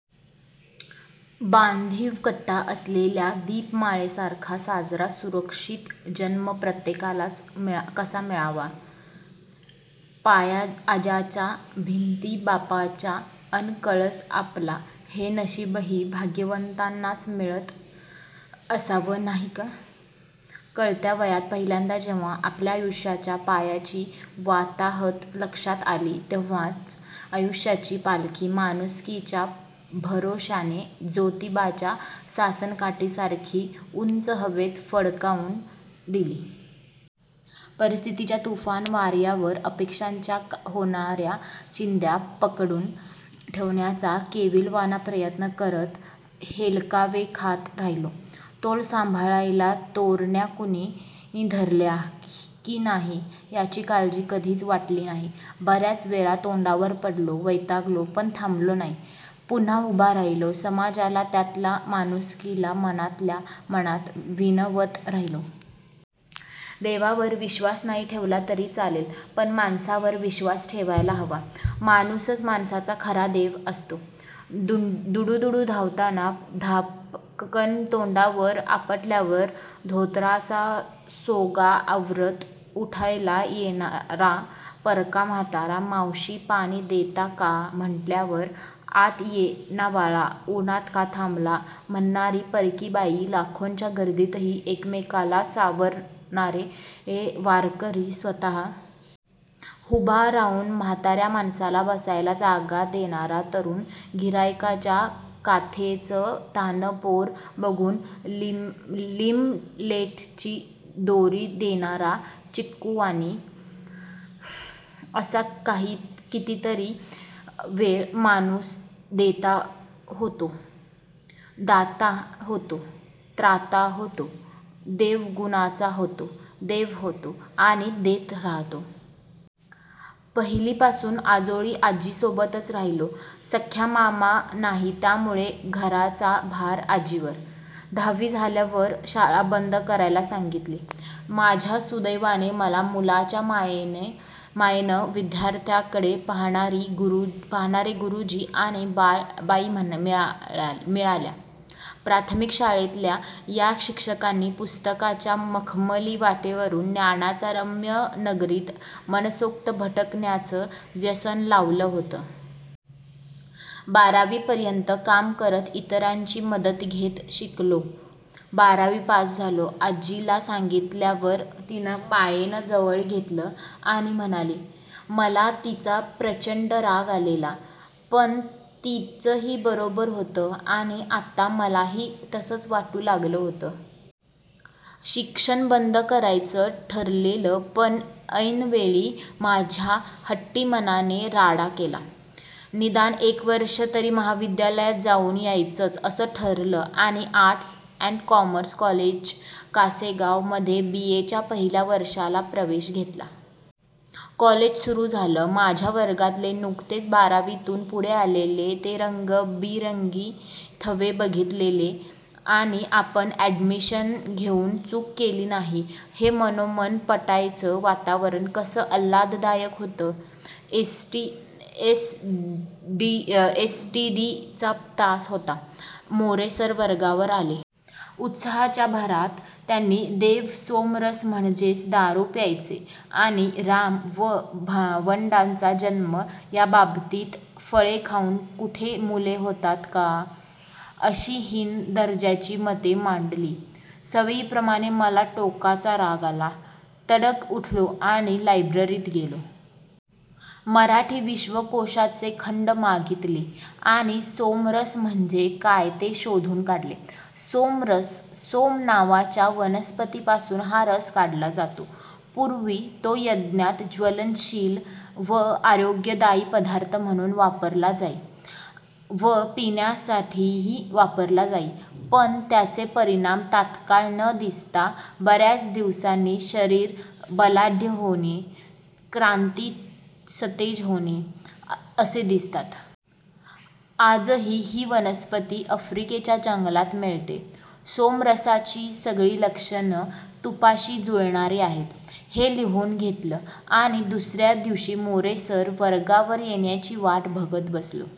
बांधिव कट्टा असलेल्या दीपमाळेसारखा साजरा सुरक्षीत जन्म प्रत्येकालाच कसा मिळावा? पाया आज्याचा, भिंती बापाच्या अन कळस आपला हे नशीबही भाग्यवंतांनाच मिळत असावं नाही का? कळत्या वयात पहिल्यांदा जेव्हा आपल्या आयुष्याच्या पायाची वाताहत लक्षात आली, तेव्हाच आयुष्याची पालखी माणुसकीच्या भरोश्याने जोतिबाच्या सासणकाठीसारखी उंच हवेत फडकावून दिली. परिस्थीतीच्या तुफान वार्यावर अपेक्षांच्या होणार्या चिंध्या पकडून ठेवण्याचा केविलवाणा प्रयत्न करत हेलकावे खात राहिलो. तोल सांभाळायला तोरण्या कुणी धरल्या की नाही. याची काळजी कधीच वाटली नाही, बर्याच वेळा तोंडावर पडलो, वैतागलो, पण थांबलो नाही. पुन्हा उभा राहिलो, समाजाला त्यातल्या माणुसकीला मनातल्या मनात विनवत राहिलो. देवावर विश्वास नाही ठेवला तरी चालेल पण माणसावर विश्वास ठेवायलाच हवा माणूसच माणसाचा खरा देव असतो. दुडू-दुडू धावताना धापकन तोंडवर आपटल्यावर धोतराचा सोगा आवरत उठवायला येणारा परका म्हातारा, 'मावशी पाणी देता का? ' म्हटल्यावर 'आत ये ना बाळा, उनात का थांबला' म्हणणारी परकी बाई, लाखोंच्या गर्दीतही एकमेकाला सावरणारे वारकरी. स्वतः उभा राहून म्हातार्या माणसाला बसायला जागा देणारा तरूण गिर्हाईकाच्या काखेचं तान्हं पोर बघून लिमलेटची गोळी देणारा चिक्कु वाणी, असा कितीतरी वेळा माणूस देता होतो. दाता होतो, त्राता होतो, देवगुणाचा होतो, देव होतो आणि देत राहतो. पहिलीपासून आजोळी आज्जीसोबतच राहिलो. सख्खा मामा नाही त्यामुळं घराचा भार आजीवर. दहावी झाल्यावरच शाळा बंद करायला सांगितली. माझ्या सुदैवाने मला मुलाच्या मायेनं विध्यार्थांकडे पाहणारे गुरूजी आणि बाई मिळाल्या. प्राथमिक शाळेतल्या या शिक्षकांनी पुस्तकांच्या मखमली वाटेवरून ज्ञानाच्या रम्य नगरीत मनसोक्त भटकण्याचं व्यसन लावलं होतं. बारावी पर्यंत काम करत इतरांची मदत घेत शिकलो. बारावी पास झालो. आज्जीला सांगितल्यावर तिनं मायेनं जवळ घेतलं आणि म्हणाली, मला तिचा प्रचंड राग आलेला. पण तीचंही बरोबरच होतं. आणि आता मलाही तसच वाटू लागलं होतं. शिक्षण बंद करायचंच ठरलेलं पण ऐन वेळी माझ्या हट्टी मनानं राडा केला. निदान एक वर्ष तरी महाविद्यालयात जाऊन यायचच असं ठरलं आणि arts and commerce college Kasegaon मधे बीए च्या पहिल्या वर्षाला प्रवेश घेतला. कॉलेज सुरू झालं. माझ्या वर्गातले नुकतेच बारावीतून पुढे आलेले ते रंगबिरंगी थवे बघितले की आपण अॅडमिशन घेऊन चूक केली नाही हे मनोमन पटायचं, वातावरण कसं आल्हाददायक होतं. एस्. टी. डी चा तास होता मोरे सर वर्गावर आले. उत्साहाच्या भरात त्यानी देव सोमरस म्हणजेच दारू प्यायचे आणि राम व भावंडांचा जन्म याबाबतीत 'फळे खाऊन कुठे मुले होतात का? ' अशी हीन दर्जाची मते मांडली सवयीप्रमाणे मला टोकाचा राग आला. तडक उठलो आणि लायब्ररीत गेलो. मराठी विश्वकोषाचे खंड मागितले आणि सोमरस म्हणजे काय ते शोधून काढले. 'सोमरस सोम नावाच्या वनस्पतीपासून हा रस काढला जातो. पुर्वी तो यज्ञात ज्वलनशील व आरोग्यदायी पदार्थ म्हणून वापरला जाई व पिण्यासाठीही वापरला जाई पण त्याचे परिणाम तात्काळ न दिसता बर्याच दिवसांनी शरीर बलाढ्य होणे, कांती सतेज होणे, असे दिसतात. आजही ही वनस्पती अफ्रिकेच्या जंगलात मिळते. ' सोमरसाची सगळी लक्षणं तुपाशी जुळणारी आहेत. हे लिहून घेतलं आणि दुसर्या दिवशी मोरे सर वर्गावर येण्याची वाट बघत बसलो.